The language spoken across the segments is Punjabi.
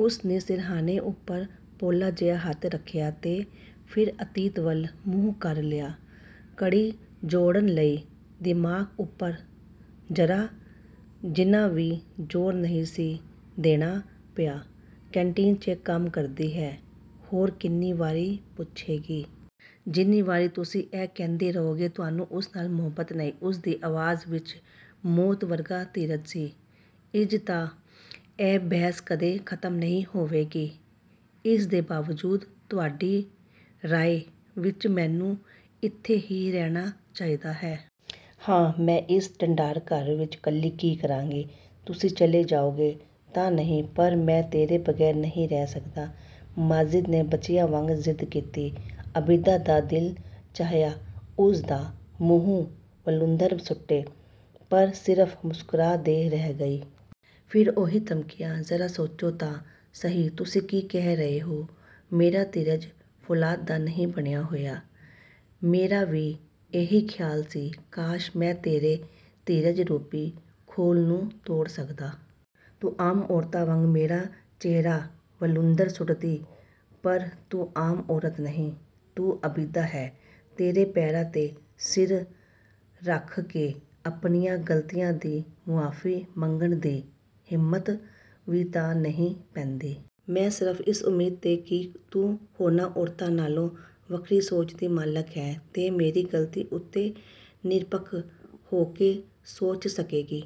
ਉਸਨੇ ਸਿਰਹਾਣੇ ਉੱਪਰ ਪੋਲਾ ਜਿਹਾ ਹੱਥ ਰੱਖਿਆ ਤੇ ਫਿਰ ਅਤੀਤ ਵੱਲ ਮੂੰਹ ਕਰ ਲਿਆ। ਕੜੀ ਜੋੜਨ ਲਈ ਦਿਮਾਗ਼ ਉੱਪਰ ਜ਼ਰਾ ਜਿੰਨਾ ਵੀ ਜ਼ੋਰ ਨਹੀਂ ਸੀ ਦੇਣਾ ਪਿਆ।"ਕੈਨਟੀਨ 'ਚ ਕੰਮ ਕਰਦੀ ਹੈ?" "ਹੋਰ ਕਿੰਨੀ ਵਾਰੀ ਪੁੱਛੇਂਗੀ?" "ਜਿੰਨੀ ਵਾਰੀ ਤੁਸੀਂ ਇਹ ਕਹਿੰਦੇ ਰਹੋਗੇ, ਤੁਹਾਨੂੰ ਉਸ ਨਾਲ ਮੁਹੱਬਤ ਨਹੀਂ।" ਉਸਦੀ ਆਵਾਜ਼ ਵਿੱਚ ਮੌਤ ਵਰਗਾ ਧੀਰਜ ਸੀ।"ਇੰਜ ਤਾਂ ਇਹ ਬਹਿਸ ਕਦੇ ਖ਼ਤਮ ਨਹੀਂ ਹੋਵੇਗੀ।" "ਇਸ ਦੇ ਬਾਵਜੂਦ ਤੁਹਾਡੀ ਰਾਏ ਵਿੱਚ ਮੈਨੂੰ ਇੱਥੇ ਹੀ ਰਹਿਣਾ ਚਾਹੀਦਾ ਹੈ?" "ਹਾਂ।" "ਮੈਂ ਇਸ ਢੰਢਾਰ ਘਰ ਵਿੱਚ 'ਕੱਲੀ ਕੀ ਕਰਾਂਗੀ? ਤੁਸੀਂ ਚਲੇ ਜਾਓਗੇ ਤਾਂ।" "ਨਹੀਂ।" "ਪਰ।" "ਮੈਂ ਤੇਰੇ ਬਗ਼ੈਰ ਨਹੀਂ ਰਹਿ ਸਕਦਾ।" ਮਾਜਿਦ ਨੇ ਬੱਚਿਆਂ ਵਾਂਗ ਜ਼ਿੱਦ ਕੀਤੀ। ਆਬਿਦਾ ਦਾ ਦਿਲ ਚਾਹਿਆ, ਉਸ ਦਾ ਮੂੰਹ ਵਲੂੰਧਰ ਸੁੱਟੇ, ਪਰ ਸਿਰਫ ਮੁਸਕੁਰਾ ਦੇ ਰਹਿ ਗਈ। "ਫਿਰ ਉਹੀ ਧਮਕੀਆਂ! ਜ਼ਰਾ ਸੋਚੋ ਤਾਂ ਸਹੀ, ਤੁਸੀਂ ਕੀ ਕਹਿ ਰਹੇ ਹੋ? ਮੇਰਾ ਧੀਰਜ ਫ਼ੌਲਾਦ ਦਾ ਨਹੀਂ ਬਣਿਆ ਹੋਇਆ।" "ਮੇਰਾ ਵੀ ਇਹੀ ਖ਼ਿਆਲ ਸੀ। ਕਾਸ਼, ਮੈਂ ਤੇਰੇ ਧੀਰਜ ਰੂਪੀ ਖੋਲ ਨੂੰ ਤੋੜ ਸਕਦਾ। ਤੂੰ ਆਮ ਔਰਤਾਂ ਵਾਂਗ ਮੇਰਾ ਚਿਹਰਾ ਵਲੂੰਧਰ ਸੁੱਟਦੀ। ਪਰ ਤੂੰ ਆਮ ਔਰਤ ਨਹੀਂ। ਤੂੰ ਆਬਿਦਾ ਹੈਂ। ਤੇਰੇ ਪੈਰਾਂ 'ਤੇ ਸਿਰ ਰੱਖ ਕੇ ਆਪਣੀਆਂ ਗ਼ਲਤੀਆਂ ਦੀ ਮੁਆਫ਼ੀ ਮੰਗਣ ਦੀ ਹਿੰਮਤ ਵੀ ਤਾਂ ਨਹੀਂ ਪੈਂਦੀ।" ਮੈਂ ਸਿਰਫ ਇਸ ਉਮੀਦ 'ਤੇ ਕਿ ਤੂੰ ਹੋਰਨਾਂ ਔਰਤਾਂ ਨਾਲੋਂ ਵੱਖਰੀ ਸੋਚ ਦੀ ਮਾਲਕ ਹੈਂ ਤੇ ਮੇਰੀ ਗ਼ਲਤੀ ਉੱਤੇ ਨਿਰਪੱਖ ਹੋ ਕੇ ਸੋਚ ਸਕੇਂਗੀ,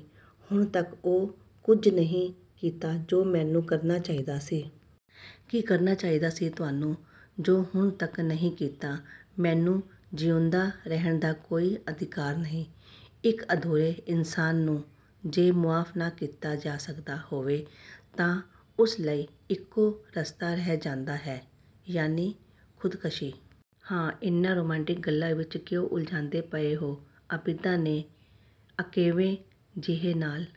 ਹੁਣ ਤੱਕ ਉਹ ਕੁਝ ਨਹੀਂ ਕੀਤਾ ਜੋ ਮੈਨੂੰ ਕਰਨਾ ਚਾਹੀਦਾ ਸੀ।" "ਕੀ ਕਰਨਾ ਚਾਹੀਦਾ ਸੀ ਤੁਹਾਨੂੰ, ਜੋ ਹੁਣ ਤੱਕ ਨਹੀਂ ਕੀਤਾ?" "ਮੈਨੂੰ ਜਿਉਂਦਿਆਂ ਰਹਿਣ ਦਾ ਕੋਈ ਅਧਿਕਾਰ ਨਹੀਂ। ਇੱਕ ਅਧੂਰੇ ਇਨਸਾਨ ਨੂੰ ਜੇ ਮੁਆਫ਼ ਨਾ ਕੀਤਾ ਜਾ ਸਕਦਾ ਹੋਵੇ ਤਾਂ ਉਸ ਲਈ ਇੱਕੋ ਰਸਤਾ ਰਹਿ ਜਾਂਦਾ ਹੈ" "ਯਾਨੀ, ਖੁਦਕਸ਼ੀ?" "ਹਾਂ।" "ਇਹਨਾਂ ਰੁਮਾਂਟਿਕ ਗੱਲਾਂ ਵਿੱਚ ਕਿਉਂ ਉਲਝਾਂਦੇ ਪਏ ਹੋ" ਆਬਿਦਾ ਨੇ ਅਕੇਵੇਂ ਜਿਹੇ ਨਾਲ